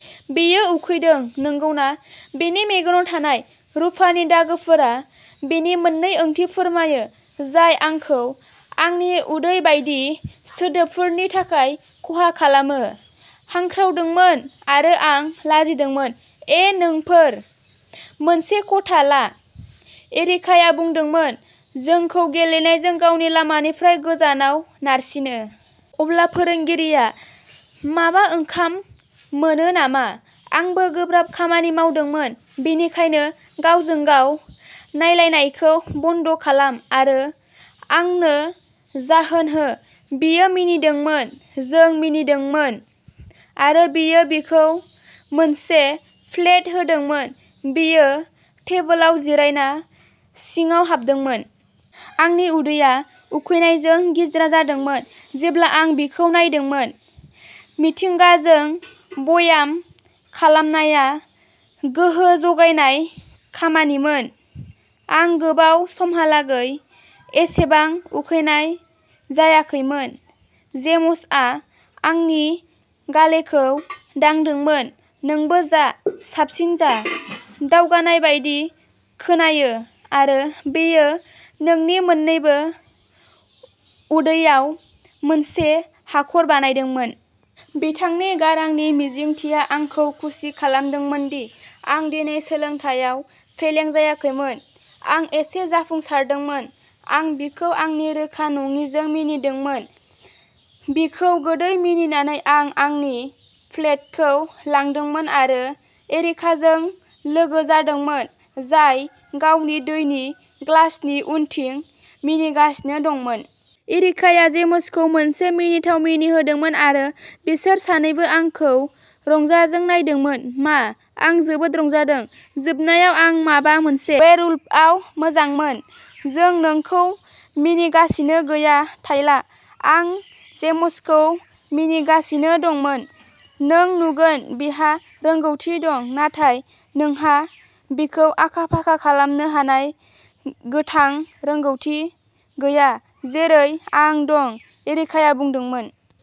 "बियो उखैदों, नंगौना? " बिनि मेगनाव थानाय रुफानि दागोफोरा बिनि मोननै ओंथि फोरमायो, जाय आंखौ आंनि उदै बायदि सोदोबफोरनि थाखाय खहा खालामो। हांख्रावदोंमोन, आरो आं लाजिदोंमोन। "ए, नोंफोर। मोनसे खथा ला", एरिकाया बुंदोंमोन, जोंखौ गेलेनायजों गावनि लामानिफ्राय गोजानाव नारसिनो। "अब्ला फोरोंगिरिआ माबा ओंखाम मोनो नामा? आंबो गोब्राब खामानि मावदोंमोन, बेनिखायनो गावजों-गाव नायलायनायखौ बन्द खालाम, आरो आंनो जाहोनो हो। " बियो मिनिदोंमोन। जों मिनिदोंमोन, आरो बियो बिखौ मोनसे प्लेट होदोंमोन। बियो टेबोलाव जिरायना सिङाव हाबदोंमोन। आंनि उदैया उखैनायजों गिज्रा जादोंमोन जेब्ला आं बिखौ नायदोंमोन। मिथिंगाजों ब्याम खालामनाया गोहो जगायनाय खामानिमोन। आं गोबाव समहालागै एसेबां उखैनाय जायाखैमोन। जेम्सआ आंनि गालेखौ दांदोंमोन। "नोंबो जा, साबसिन जा। दावगानाय बायदि खोनायो, आरो बेयो नोंनि मोन्नैबो उदैयाव मोनसे हाखर बानायदोंमोन। " बिथांनि गारांनि मिजिंथिया आंखौ खुसि खालामदोंमोन दि आं दिनैनि सोलोंथायाव फेलें जायाखैमोन। "आं एसे जाफुंसारदोंमोन। " आं बिखौ आंनि रोखा-नङिजों मिनिदोंमोन। बिखौ गोदै मिनिनानै, आं आंनि प्लेटखौ लादोंमोन आरो एरिकाजों लोगो जादोंमोन, जाय गावनि दैनि ग्लासनि उनथिं मिनिगासिनो दंमोन। एरिकाया जेम्सखौ मोनसे मिनिथाव मिनिहोदोंमोन, आरो बिसोर सानैबो आंखौ रंजाजों नायदोंमोन। "मा? आं जोबोद रंजाखांदों। " जोबनायाव, आं माबा मोनसे वेयरवुल्फआव मोजांमोन। "जों नोंखौ मिनिगासिनो गैया, टायला। आं जेम्सखौ मिनिगासिनो दंमोन। नों नुगोन बिहा रोंग'थि दं, नाथाय नोंहा बेखौ आखा-फाखा खालामनो हानाय गोथां रोंग'थि गैया जेरै आं दं", एरिकाया बुंदोंमोन।